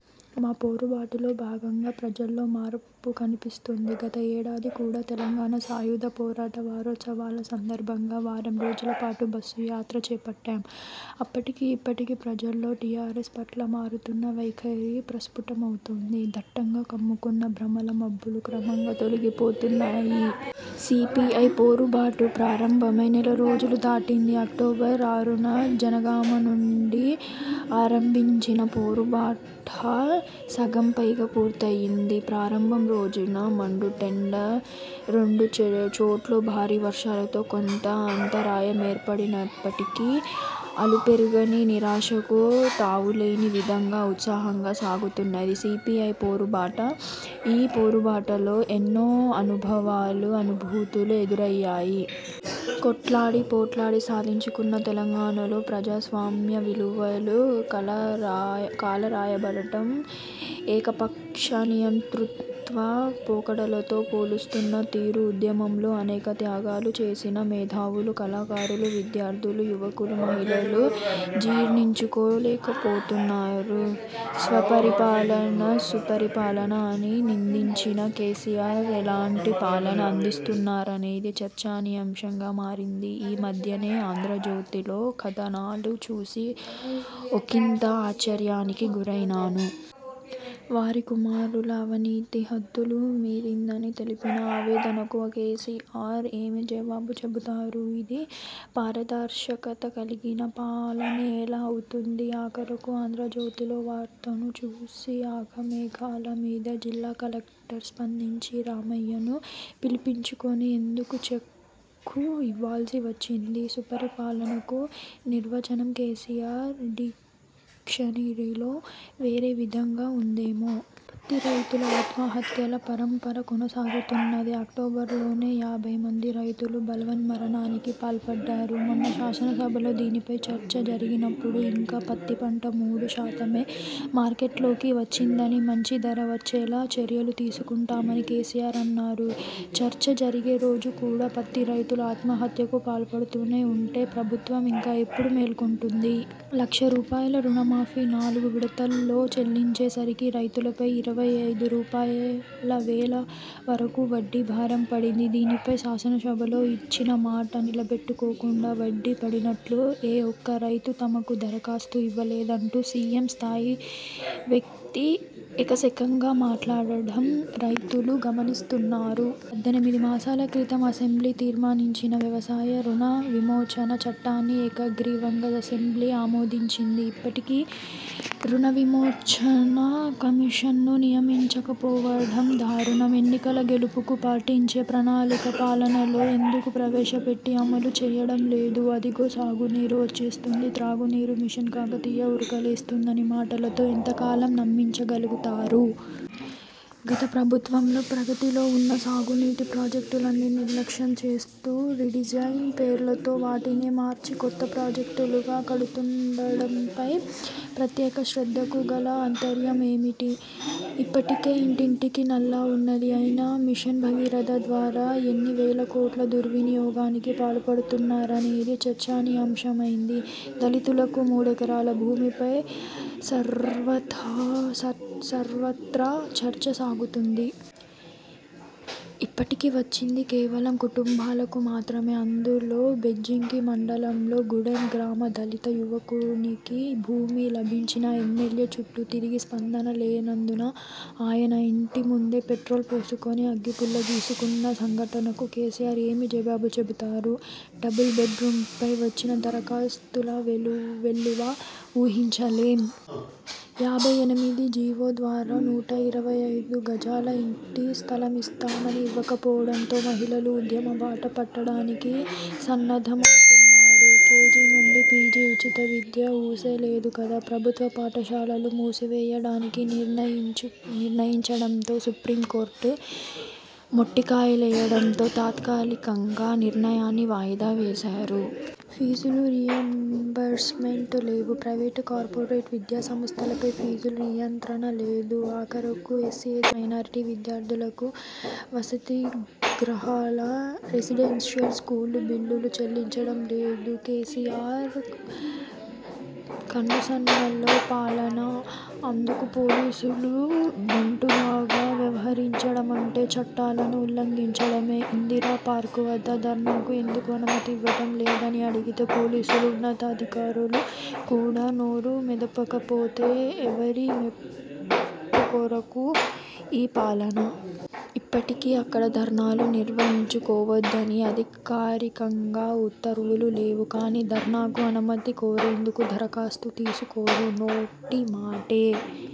మా పోరుబాటులో భాగంగా ప్రజల్లో మార్పు కనిపిస్తుంది. గత ఏడాది కూడా తెలంగాణ సాయుధ పోరాట వారోత్సవాల సందర్భంగా వారం రోజుల పాటు బస్సు యాత్ర చేపట్టాం. అప్పటికి ఇప్పటికీ ప్రజల్లో టీఆర్ఎస్ పట్ల మారుతున్న వైఖరి ప్రస్ఫుటమవుతోంది. దట్టంగా కమ్ముకున్న భ్రమల మబ్బులు క్రమంగా తొలగిపోతున్నాయి. సీపీఐ పోరుబాటు ప్రారంభమై నెలరోజులు దాటింది. అక్టోబరు ఆరున జనగామ నుండి ఆరంభించిన పోరుబాట సగంపైగా పూర్తయింది. ప్రారంభం రోజున మండుటెండ, రెండు చోట్ల భారీ వర్షాలతో కొంత అంతరాయమేర్పడినప్పటికీ, అలుపెరగని, నిరాశకు తావులేని విధంగా ఉత్సాహంగా సాగుతున్నది సీపీఐ పోరుబాట. ఈ పోరుబాటలో ఎన్నో అనుభవాలు, అనుభూతులు ఎదురయ్యాయి. కొట్లాడి, పోట్లాడి సాధించుకున్న తెలంగాణలో ప్రజాస్వామ్య విలువలు కాలరాయబడటం ఏకపక్ష నియంతృత్వ పోకడలతో పాలిస్తున్న తీరు ఉద్యమంలో అనేక త్యాగాలు చేసిన మేధావులు, కళాకారులు, విద్యార్థులు, యువకులు, మహిళలు జీర్ణించుకోలేకపోతున్నారు. స్వపరిపాలన, సుపరిపాలన అని నినదించిన కేసీఆర్ ఎలాంటి పాలన అందిస్తున్నారనేది చర్చనీయాంశంగా మారింది. ఈ మధ్యనే ఆంధ్రజ్యోతిలో కథనాలు చూసి ఒకింత ఆశ్చర్యానికి గురైనాను. వారి కుమారుల అవినీతి హద్దులు మీరిందని తెలిపిన ఆవేదనకు కేసీఆర్ ఏమి జవాబు చెబుతారు. ఇది పారదర్శకత కలిగిన పాలనెలా అవుతుంది. ఆఖరుకు ఆంధ్రజ్యోతిలో వార్తను చూసి ఆఘమేఘాల మీద జిల్లా కలెక్టర్ స్పందించి రామయ్యను పిలిపించుకొని ఎందుకు చెక్కు ఇవ్వాల్సి వచ్చింది? సుపరిపాలనకు నిర్వచనం కేసీఆర్ డిక్షనరీలో వేరే విధంగా ఉందేమో? పత్తి రైతుల ఆత్మహత్యల పరంపర కొనసాగుతున్నది. అక్టోబర్లోనే యాభైమంది రైతులు బలవన్మరణానికి పాల్పడ్డారు. మొన్న శాసనసభలో దీనిపై చర్చ జరిగినప్పుడు ఇంకా పత్తిపంట మూడు శాతమే మార్కెట్లోకి వచ్చిందని, మంచి ధర వచ్చేలా చర్యలుతీసుకుంటామని కేసీఆర్ అన్నారు. చర్చ జరిగే రోజు కూడా పత్తి రైతులు ఆత్మహత్యకు పాల్పడుతూనే ఉంటే, ప్రభుత్వం ఇంకా ఎప్పుడు మేలుకుంటుంది. లక్ష రూపాయల రుణమాఫీ నాలుగు విడతల్లో చెల్లించే సరికి రైతులపై ఇరవై ఐదు రూపాయలువేల వరకు వడ్డీ భారం పడింది. దీనిపై శాసనసభలో ఇచ్చిన మాట నిలబెట్టుకోకుండా, వడ్డీ పడినట్లు ఏ ఒక్క రైతు తమకు దరఖాస్తు ఇవ్వలేదంటూ సీఎం స్థాయి వ్యక్తి ఎకసెక్కంగా మాట్లాడడం రైతులు గమనిస్తున్నారు. పద్దెనిమిది మాసాల క్రితం అసెంబ్లీ తీర్మానించిన వ్యవసాయ రుణ విమోచన చట్టాన్ని ఏకగ్రీవంగా అసెంబ్లీ ఆమోదించింది. ఇప్పటికీ రుణవిమోచన కమిషన్ను నియమించకపోవడం దారుణం. ఎన్నికల గెలుపుకు పాటించే ప్రణాళిక, పాలనలో ఎందుకు ప్రవేశపెట్టి అమలు చేయడంలేదు. అదిగో సాగునీరు, వచ్చేస్తుంది త్రాగునీరు, మిషన్ కాకతీయ ఉరకలేస్తున్నదని, మాటలతో ఎంతకాలం నమ్మించగలుగుతారు. గతప్రభుత్వంలో ప్రగతిలో ఉన్న సాగునీటి ప్రాజెక్టులని నిర్లక్ష్యంచేస్తూ, రీడిజైన్ పేరుతో వాటినే మార్చి కొత్త ప్రాజెక్టులుగా కడుతుండడంపై ప్రత్యేక శ్రద్ధకు గల ఆంతర్యమేమిటి? ఇప్పటికే ఇంటింటికి నల్లా ఉన్నది. అయినా మిషన్ భగీరథ ద్వారా ఎన్ని వేలకోట్ల దుర్వినియోగానికి పాల్పడనున్నారనేది చర్చనీయాంశమైంది. దళితులకు మూడెకరాల భూమిపై సర్వత్రా చర్చ సాగుతుంది. ఇప్పటికి ఇచ్చింది కేవలం కుటుంబాలకు మాత్రమే. అందులో బెజ్జంకి మండలంలో గూడెం గ్రామ దళిత యువకునికి భూమి లభించక ఎమ్మెల్యే చుట్టూ తిరిగి స్పందన లేనందున ఆయన ఇంటి ముందే పెట్రోలు పోసుకొని, అగ్గిపుల్ల గీసుకున్న సంఘటనకు కేసీఆర్ ఏమి జవాబు చెబుతారు? డబుల్బెడ్ రూములపై వచ్చిన దరఖాస్తుల వెల్లువ ఊహించలేం. యాభై ఎనిమిది జీవో ద్వారా నూట ఇరవై ఐదు గజాల ఇంటి స్థలమిస్తామని ఇవ్వకపోవడంతో మహిళలు ఉద్యమబాట పట్టడానికి సన్నద్ధమవుతున్నారు. కేజీ నుండి పీజీ ఉచిత విద్య ఊసే లేదు కదా? ప్రభుత్వ పాఠశాలలు మూసివేయడానికి నిర్ణయించడంతో సుప్రీంకోర్టు మొట్టికాలేయడంతో తాత్కాలికంగా నిర్ణయాన్ని వాయిదా వేశారు. ఫీజుల రీయింబర్స్మెంటు లేవు. ప్రైవేట్, కార్పోరేట్ విద్యాసంస్థలపై ఫీజుల నియంత్రణ లేదు. ఆఖరకు ఎస్సీ, ఎస్టీ, మైనారిటీ విద్యార్థుల వసతి గృహాల, రెసిడెన్షియల్ స్కూళ్ళ బిల్లులు చెల్లించడం లేదు. కేసీఆర్ కనుసన్నలలో పాలన, అందుకు పోలీసులు బంటులాగా వ్యవహరించడమంటే చట్టాలను ఉల్లఘించడమే. ఇందిరా పార్కు వద్ద ధర్నాలకు ఎందుకు అనుమతి ఇవ్వటం లేదని అడిగితే, పోలీసు ఉన్నతఅధికారులు కూడా నోరు మెదపకపోతే, ఎవరి మెప్పుకొరకు ఈ పాలన? ఇప్పటికీ అక్కడ ధర్నాలు నిర్వహించుకోవద్దని అధికారికంగా ఉత్తర్వులు లేవు. కానీ ధర్నాకు అనుమతి కోరేందుకు దరఖాస్తు తీసుకోరు. నోటి మాటే